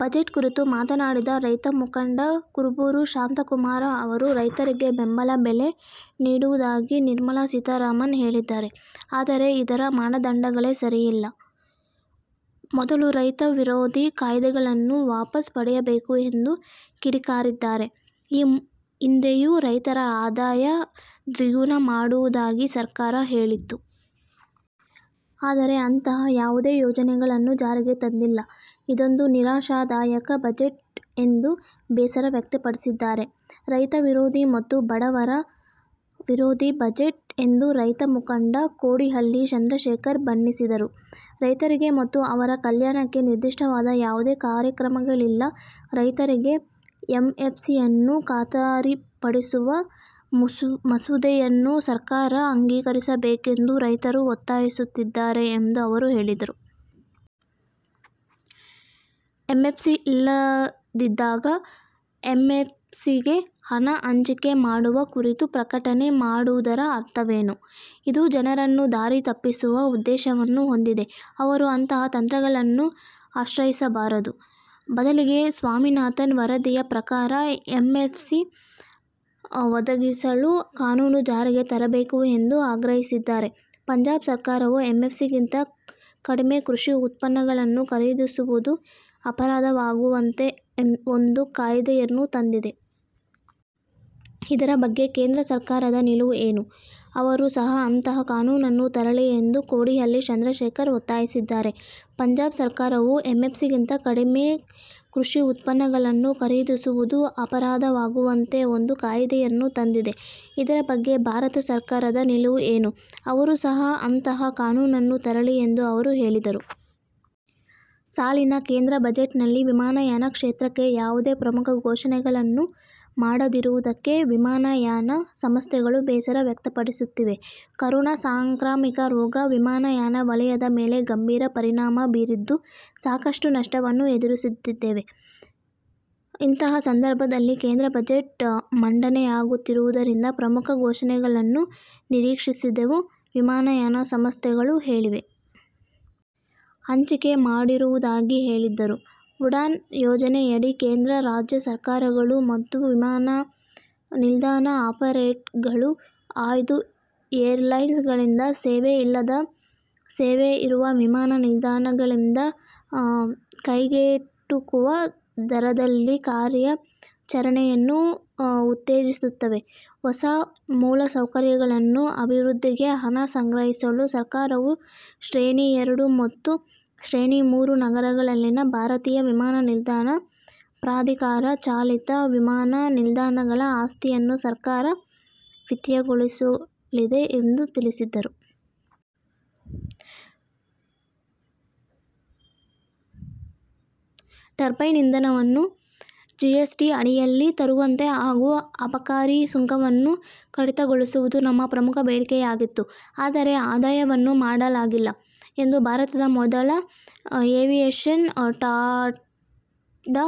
Budget ಕುರಿತು ಮಾತನಾಡಿದ ರೈತಮುಖಂಡ ಕುರುಬೂರು ಶಾಂತಕುಮಾರ್ ಅವರು, ರೈತರಿಗೆ ಬೆಂಬಲ ಬೆಲೆ ನೀಡುವುದಾಗಿ ನಿರ್ಮಲಾ ಸೀತಾರಾಮನ್ ಹೇಳಿದ್ದಾರೆ. ಆದರೆ, ಇದರ ಮಾನದಂಡಗಳೇ ಸರಿಯಿಲ್ಲ. ಮೊದಲು ರೈತ ವಿರೋಧಿ ಕಾಯ್ದೆಗಳನ್ನು ವಾಪಸ್ಸ್ ಪಡೆಯಬೇಕು ಎಂದು ಕಿಡಿಕಾರಿದ್ದಾರೆ. ಈ ಹಿಂದೆಯೂ ರೈತರ ಆದಾಯ ದ್ವಿಗುಣ ಮಾಡುವುದಾಗಿ ಸರ್ಕಾರ ಹೇಳಿತ್ತು. ಆದರೆ, ಅಂತಹ ಯಾವುದೇ ಯೋಜನೆಗಳನ್ನು ಜಾರಿಗೆ ತಂದಿಲ್ಲ. ಇದೊಂದು ನಿರಾಶಾದಾಯಕ ಬಜೆಟ್ ಎಂದು ಬೇಸರವ್ಯಕ್ತಪಡಿಸಿದ್ದಾರೆ. ರೈತ ವಿರೋಧಿ ಮತ್ತು ಬಡ ವರ ವಿರೋಧಿ ಬಜೆಟ್ ಎಂದು ರೈತ ಮುಖಂಡ ಕೋಡಿಹಳ್ಳಿ ಚಂದ್ರಶೇಖರ್ ಬಣ್ಣಿಸಿದರು. ರೈತರಿಗೆ ಮತ್ತು ಅವರ ಕಲ್ಯಾಣಕ್ಕೆ ನಿರ್ದಿಷ್ಟವಾದ ಯಾವುದೇ ಕಾರ್ಯಕ್ರಮಗಳಿಲ್ಲ, ರೈತರಿಗೆ ಎಂಎಸ್ಪಿಯನ್ನು ಖಾತರಿಪಡಿಸುವ ಮಸೂದೆಯನ್ನು ಸರ್ಕಾರ ಅಂಗೀಕರಿಸಬೇಕೆಂದು ರೈತರು ಒತ್ತಾಯಿಸುತ್ತಿದ್ದಾರೆ ಎಂದು ಅವರು ಹೇಳಿದರು. ಎಂಎಸ್ಪಿ ಇಲ್ಲದಿದ್ದಾಗ, ಎಂಎಸ್ಪಿಗೆ ಹಣ ಹಂಚಿಕೆ ಮಾಡುವ ಕುರಿತು ಪ್ರಕಟಣೆ ಮಾಡುವುದರ ಅರ್ಥವೇನು? ಇದು ಜನರನ್ನು ದಾರಿ ತಪ್ಪಿಸುವ ಉದ್ದೇಶವನ್ನು ಹೊಂದಿದೆ. ಅವರು ಅಂತಹ ತಂತ್ರಗಳನ್ನು ಆಶ್ರಯಿಸಬಾರದು. ಬದಲಿಗೆ ಸ್ವಾಮಿನಾಥನ್ ವರದಿಯ ಪ್ರಕಾರ ಎಂಎಸ್ಪಿ ಒದಗಿಸಲು ಕಾನೂನು ಜಾರಿಗೆ ತರಬೇಕು ಎಂದು ಆಗ್ರಹಿಸಿದ್ದಾರೆ. ಪಂಜಾಬ್ ಸರ್ಕಾರವು ಎಂಎಸ್ಪಿಗಿಂತ ಕಡಿಮೆ ಕೃಷಿ ಉತ್ಪನ್ನಗಳನ್ನು ಖರೀದಿಸುವುದು ಅಪರಾಧವಾಗುವಂತೆ ಒಂದು ಕಾಯ್ದೆಯನ್ನು ತಂದಿದೆ. ಇದರ ಬಗ್ಗೆ ಕೇಂದ್ರ ಸರ್ಕಾರದ ನಿಲುವು ಏನು? ಅವರೂ ಸಹ ಅಂತಹ ಕಾನೂನನ್ನು ತರಲಿ ಎಂದು ಕೋಡಿಹಳ್ಳಿ ಚಂದ್ರಶೇಖರ್ ಒತ್ತಾಯಿಸಿದ್ದಾರೆ. ಪಂಜಾಬ್ ಸರ್ಕಾರವು ಎಂಎಸ್ಪಿಗಿಂತ ಕಡಿಮೆ ಕೃಷಿ ಉತ್ಪನ್ನಗಳನ್ನು ಖರೀದಿಸುವುದು ಅಪರಾಧವಾಗುವಂತೆ ಒಂದು ಕಾಯ್ದೆಯನ್ನು ತಂದಿದೆ. ಇದರ ಬಗ್ಗೆ ಭಾರತ ಸರ್ಕಾರದ ನಿಲುವು ಏನು? ಅವರೂ ಸಹ ಅಂತಹ ಕಾನೂನನ್ನು ತರಲಿ ಎಂದು ಅವರು ಹೇಳಿದರು. ಸಾಲಿನ ಕೇಂದ್ರ ಬಜೆಟ್ ನಲ್ಲಿ ವಿಮಾನಯಾನ ಕ್ಷೇತ್ರಕ್ಕೆ ಯಾವುದೇ ಪ್ರಮುಖ ಘೋಷಣೆಗಳನ್ನು ಮಾಡದಿರುವುದಕ್ಕೆ ವಿಮಾನಯಾನ ಸಂಸ್ಥೆಗಳು ಬೇಸರ ವ್ಯಕ್ತಪಡಿಸುತ್ತಿವೆ. ಕೊರೋನಾ ಸಾಂಕ್ರಾಮಿಕ ರೋಗ ವಿಮಾನಯಾನ ವಲಯದ ಮೇಲೆ ಗಂಭೀರ ಪರಿಣಾಮ ಬೀರಿದ್ದು, ಸಾಕಷ್ಟು ನಷ್ಟವನ್ನು ಎದುರಿಸಿದ್ದೇವೆ. ಇಂತಹ ಸಂದರ್ಭದಲ್ಲಿ ಕೇಂದ್ರ ಬಜೆಟ್ ಮಂಡನೆಯಾಗುತ್ತಿರುವುದರಿಂದ ಪ್ರಮುಖ ಘೋಷಣೆಗಳನ್ನು ನಿರೀಕ್ಷಿಸಿದ್ದೆವು ವಿಮಾನಯಾನ ಸಂಸ್ಥೆಗಳು ಹೇಳಿವೆ. ಹಂಚಿಕೆ ಮಾಡಿರುವುದಾಗಿ ಹೇಳಿದ್ದರು. ಉಡಾನ್ ಯೋಜನೆಯಡಿ, ಕೇಂದ್ರ, ರಾಜ್ಯ ಸರ್ಕಾರಗಳು ಮತ್ತು ವಿಮಾನ ನಿಲ್ದಾಣ ಆಪರೇಟರ್ ಗಳು ಆಯ್ದು ಏರ್ ಲೈನ್ಸ್ ಗಳಿಂದ ಸೇವೆ ಇಲ್ಲದ ಸೇವೆ ಇರುವ ವಿಮಾನ ನಿಲ್ದಾಣಗಳಿಂದ ಕೈಗೆಟುಕುವ ದರದಲ್ಲಿ ಕಾರ್ಯಾಚರಣೆಯನ್ನು ಉತ್ತೇಜಿಸುತ್ತವೆ. ಹೊಸ ಮೂಲಸೌಕರ್ಯಗಳನ್ನು ಅಭಿವೃದ್ಧಿಗೆ ಹಣ ಸಂಗ್ರಹಿಸಲು ಸರ್ಕಾರವು ಶ್ರೇಣಿ ಎರಡು ಮತ್ತು ಶ್ರೇಣಿ ಮೂರು ನಗರಗಳಲ್ಲಿನ ಭಾರತೀಯ ವಿಮಾನ ನಿಲ್ದಾಣ ಪ್ರಾಧಿಕಾರ ಚಾಲಿತ ವಿಮಾನ ನಿಲ್ದಾಣಗಳ ಆಸ್ತಿಯನ್ನು ಸರ್ಕಾರ ವಿತ್ತೀಯಗೊಳಿಸಲಿದೆ ಎಂದು ತಿಳಿಸಿದ್ದರು. ಟರ್ಬೈನ್ ಇಂಧನವನ್ನು ಜಿಎಸ್ ಟಿ ಅಡಿಯಲ್ಲಿ ತರುವಂತೆ ಹಾಗೂ ಅಬಕಾರಿ ಸುಂಕವನ್ನು ಕಡಿತಗೊಳಿಸುವುದು ನಮ್ಮ ಪ್ರಮುಖ ಬೇಡಿಕೆಯಾಗಿತ್ತು. ಆದರೆ, ಅದಾವುದನ್ನೂ ಮಾಡಲಾಗಿಲ್ಲ ಎಂದು ಭಾರತದ ಮೊದಲ ಏವಿಯೇಷನ್ ಡಾಟಾ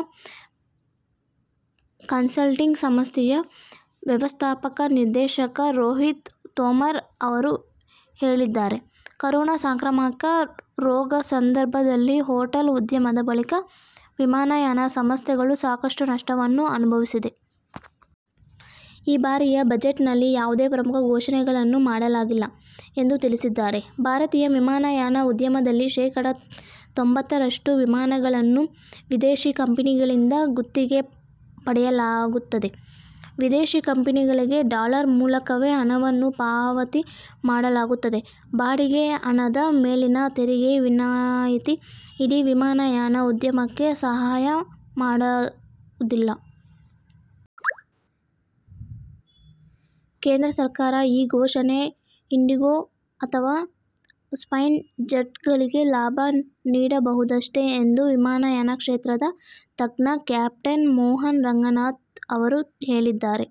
ಕನ್ಸಲ್ಟಿಂಗ್ ಸಂಸ್ಥೆಯ ವ್ಯವಸ್ಥಾಪಕ ನಿರ್ದೇಶಕ ರೋಹಿತ್ ತೋಮರ್ ಅವರು ಹೇಳಿದ್ದಾರೆ. ಕೊರೋನಾ ಸಾಂಕ್ರಾಮಿಕ ರೋಗ ಸಂದರ್ಭದಲ್ಲಿ ಹೋಟೆಲ್ ಉದ್ಯಮದ ಬಳಿಕ ವಿಮಾನಯಾನ ಸಂಸ್ಥೆಗಳು ಸಾಕಷ್ಟು ನಷ್ಟವನ್ನು ಅನುಭವಿಸಿವೆ. ಈ ಬಾರಿಯ ಬಜೆಟ್ ನಲ್ಲಿ ಯಾವುದೇ ಪ್ರಮುಖ ಘೋಷಣೆಗಳನ್ನು ಮಾಡಲಾಗಿಲ್ಲ ಎಂದು ತಿಳಿಸಿದ್ದಾರೆ. ಭಾರತೀಯ ವಿಮಾನಯಾನ ಉದ್ಯಮದಲ್ಲಿ ಶೇಕಡಾ ತೊಂಬತ್ತರಷ್ಟು ವಿಮಾನಗಳನ್ನು ವಿದೇಶಿ ಕಂಪನಿಗಳಿಂದ ಗುತ್ತಿಗೆ ಪಡೆಯಲಾಗುತ್ತದೆ. ವಿದೇಶಿ ಕಂಪನಿಗಳಿಗೆ ಡಾಲರ್ ಮೂಲಕವೇ ಹಣವನ್ನು ಪಾವತಿ ಮಾಡಲಾಗುತ್ತದೆ. ಬಾಡಿಗೆ ಹಣದ ಮೇಲಿನ ತೆರಿಗೆ ವಿನಾಯಿತಿ ಇಡೀ ವಿಮಾನಯಾನ ಉದ್ಯಮಕ್ಕೆ ಸಹಾಯ ಮಾಡುವುದಿಲ್ಲ. ಕೇಂದ್ರ ಸರ್ಕಾರ ಈ ಘೋಷಣೆ ಇಂಡಿಗೋ ಅಥವಾ ಸ್ಪೈಸ್ ಜೆಟ್ ಗಳಿಗೆ ಲಾಭ ನೀಡಬಹುದಷ್ಟೇ ಎಂದು ವಿಮಾನಯಾನ ಕ್ಷೇತ್ರದ ತಜ್ಞ ಕ್ಯಾಪ್ಟೆನ್ ಮೋಹನ್ ರಂಗನಾಥ್ ಅವರು ಹೇಳಿದ್ದಾರೆ.